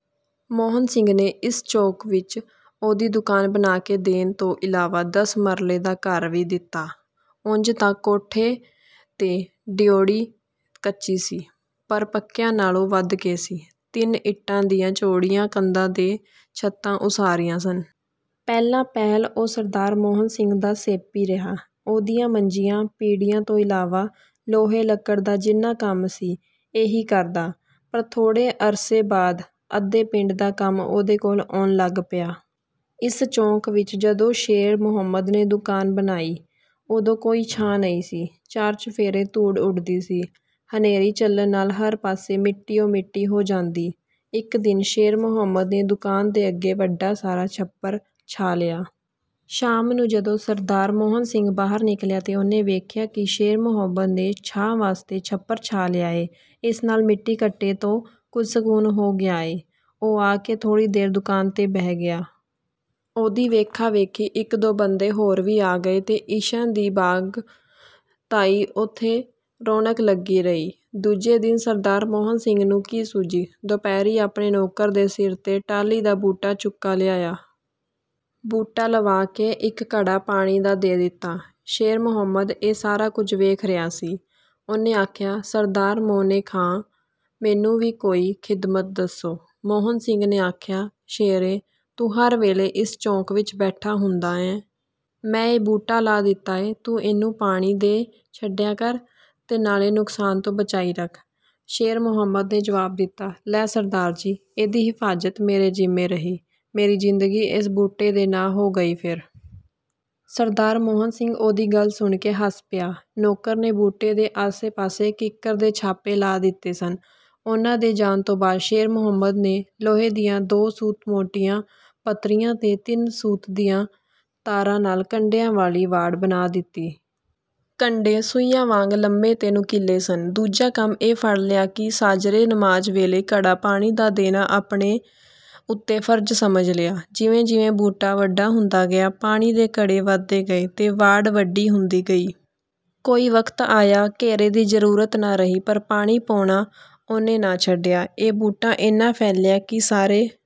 ਮੋਹਨ ਸਿੰਘ ਨੇ ਇਸ ਚੌਕ ਵਿਚ ਉਹਦੀ ਦੁਕਾਨ ਬਣਾ ਕੇ ਦੇਣ ਤੋਂ ਇਲਾਵਾ ਦਸ ਮਰਲੇ ਦਾ ਘਰ ਵੀ ਦਿੱਤਾ। ਉਂਜ ਤਾਂ ਕੋਠੇ ਤੇ ਡਿਓੜੀ ਕੱਚੀ ਸੀ, ਪਰ ਪੱਕਿਆਂ ਨਾਲੋਂ ਵਧ ਕੇ ਸੀ। ਤਿੰਨ ਇੱਟਾਂ ਦੀਆਂ ਚੌੜੀਆਂ ਕੰਧਾਂ ਤੇ ਛੱਤਾਂ ਉਸਾਰੀਆਂ ਸਨ। ਪਹਿਲਾਂ-ਪਹਿਲ ਉਹ ਸਰਦਾਰ ਮੋਹਨ ਸਿੰਘ ਦਾ ਸੇਪੀ ਰਿਹਾ। ਉਹਦੀਆਂ ਮੰਜੀਆਂ, ਪੀੜ੍ਹੀਆਂ ਤੋਂ ਇਲਾਵਾ ਲੋਹੇ-ਲੱਕੜ ਦਾ ਜਿੰਨਾ ਕੰਮ ਸੀ, ਇਹੀ ਕਰਦਾ, ਪਰ ਥੋੜ੍ਹੇ ਅਰਸੇ ਬਾਅਦ ਅੱਧੇ ਪਿੰਡ ਦਾ ਕੰਮ ਉਹਦੇ ਕੋਲ ਆਉਣ ਲੱਗ ਪਿਆ। ਇਸ ਚੌਕ ਵਿਚ ਜਦੋਂ ਸ਼ੇਰ ਮੁਹੰਮਦ ਨੇ ਦੁਕਾਨ ਬਣਾਈ, ਉਦੋਂ ਕੋਈ ਛਾਂ ਨਹੀਂ ਸੀ। ਚਾਰ-ਚੁਫੇਰੇ ਧੂੜ ਉੱਡਦੀ ਸੀ। ਹਨੇਰੀ ਚੱਲਣ ਨਾਲ ਹਰ ਪਾਸੇ ਮਿੱਟੀਓਂ-ਮਿੱਟੀ ਹੋ ਜਾਂਦੀ। ਇਕ ਦਿਨ ਸ਼ੇਰ ਮੁਹੰਮਦ ਨੇ ਦੁਕਾਨ ਦੇ ਅੱਗੇ ਵੱਡਾ ਸਾਰਾ ਛੱਪਰ ਛਾ ਲਿਆ। ਸ਼ਾਮ ਨੂੰ ਜਦੋਂ ਸਰਦਾਰ ਮੋਹਨ ਸਿੰਘ ਬਾਹਰ ਨਿਕਲਿਆ ਤੇ ਉਹਨੇ ਵੇਖਿਆ ਕਿ ਸ਼ੇਰ ਮੁਹੰਮਦ ਨੇ ਛਾਂ ਵਾਸਤੇ ਛੱਪਰ ਛਾ ਲਿਆ ਏ। ਇਸ ਨਾਲ ਮਿੱਟੀ-ਘੱਟੇ ਤੋਂ ਕੁਝ ਸਕੂਨ ਹੋ ਗਿਆ ਏ। ਉਹ ਆ ਕੇ ਥੋੜ੍ਹੀ ਦੇਰ ਦੁਕਾਨ 'ਤੇ ਬਹਿ ਗਿਆ। ਉਹਦੀ ਵੇਖਾ-ਵੇਖੀ ਇਕ-ਦੋ ਬੰਦੇ ਹੋਰ ਵੀ ਆ ਗਏ ਤੇ ਇਸ਼ਾ ਦੀ ਬਾਂਗ ਤਾਈਂ ਉੱਥੇ ਰੌਣਕ ਲੱਗੀ ਰਹੀ। ਦੂਜੇ ਦਿਨ ਸਰਦਾਰ ਮੋਹਨ ਸਿੰਘ ਨੂੰ ਕੀ ਸੁੱਝੀ, ਦੁਪਹਿਰੀਂ ਆਪਣੇ ਨੌਕਰ ਦੇ ਸਿਰ 'ਤੇ ਟਾਹਲੀ ਦਾ ਬੂਟਾ ਚੁਕਾ ਲਿਆਇਆ। ਬੂਟਾ ਲਵਾ ਕੇ ਇਕ ਘੜਾ ਪਾਣੀ ਦਾ ਦੇ ਦਿੱਤਾ। ਸ਼ੇਰ ਮੁਹੰਮਦ ਇਹ ਸਾਰਾ ਕੁਝ ਵੇਖ ਰਿਹਾ ਸੀ। ਉਹਨੇ ਆਖਿਆ, "ਸਰਦਾਰ ਮੋਹਣੇ ਖਾਂ! ਮੈਨੂੰ ਵੀ ਕੋਈ ਖ਼ਿਦਮਤ ਦੱਸੋ।" ਮੋਹਨ ਸਿੰਘ ਨੇ ਆਖਿਆ, "ਸ਼ੇਰੇ, ਤੂੰ ਹਰ ਵੇਲੇ ਇਸ ਚੌਕ ਵਿਚ ਬੈਠਾ ਹੁੰਦਾ ਐਂ। ਮੈਂ ਇਹ ਬੂਟਾ ਲਾ ਦਿੱਤਾ ਏ। ਤੂੰ ਇਹਨੂੰ ਪਾਣੀ ਦੇ ਛੱਡਿਆ ਕਰ ਤੇ ਨਾਲੇ ਨੁਕਸਾਨ ਤੋਂ ਬਚਾਈ ਰੱਖ।" ਸ਼ੇਰ ਮੁਹੰਮਦ ਨੇ ਜਵਾਬ ਦਿੱਤਾ, "ਲੈ ਸਰਦਾਰ ਜੀ, ਇਹਦੀ ਹਿਫ਼ਾਜ਼ਤ ਮੇਰੇ ਜ਼ਿੰਮੇ ਰਹੀ। ਮੇਰੀ ਜ਼ਿੰਦਗੀ ਇਸ ਬੂਟੇ ਦੇ ਨਾਂ ਹੋ ਗਈ ਫਿਰ।" ਸਰਦਾਰ ਮੋਹਨ ਸਿੰਘ ਉਹਦੀ ਗੱਲ ਸੁਣ ਕੇ ਹੱਸ ਪਿਆ। ਨੌਕਰ ਨੇ ਬੂਟੇ ਦੇ ਆਸੇ-ਪਾਸੇ ਕਿੱਕਰ ਦੇ ਛਾਪੇ ਲਾ ਦਿੱਤੇ ਸਨ। ਉਨ੍ਹਾਂ ਦੇ ਜਾਣ ਤੋਂ ਬਾਅਦ ਸ਼ੇਰ ਮੁਹੰਮਦ ਨੇ ਲੋਹੇ ਦੀਆਂ ਦੋ ਸੂਤ ਮੋਟੀਆਂ ਪੱਤਰੀਆਂ ਤੇ ਤਿੰਨ ਸੂਤ ਦੀਆਂ ਤਾਰਾਂ ਨਾਲ ਕੰਡਿਆਂ ਵਾਲੀ ਵਾੜ ਬਣਾ ਦਿੱਤੀ। ਕੰਡੇ ਸੂਈਆਂ ਵਾਂਗ ਲੰਮੇ ਤੇ ਨੁਕੀਲੇ ਸਨ। ਦੂਜਾ ਕੰਮ ਇਹ ਫੜ ਲਿਆ ਕਿ ਸਾਝਰੇ ਨਮਾਜ਼ ਵੇਲੇ ਘੜਾ ਪਾਣੀ ਦਾ ਦੇਣਾ ਆਪਣੇ ਉੱਤੇ ਫ਼ਰਜ਼ ਸਮਝ ਲਿਆ। ਜਿਵੇਂ-ਜਿਵੇਂ ਬੂਟਾ ਵੱਡਾ ਹੁੰਦਾ ਗਿਆ, ਪਾਣੀ ਦੇ ਘੜੇ ਵਧਦੇ ਗਏ ਤੇ ਵਾੜ ਵੱਡੀ ਹੁੰਦੀ ਗਈ। ਕੋਈ ਵਕਤ ਆਇਆ, ਘੇਰੇ ਦੀ ਜ਼ਰੂਰਤ ਨਾ ਰਹੀ, ਪਰ ਪਾਣੀ ਪਾਉਣਾ ਉਹਨੇ ਨਾ ਛੱਡਿਆ। ਇਹ ਬੂਟਾ ਇੰਨਾ ਫੈਲਿਆ, ਕਿ ਸਾਰੇ...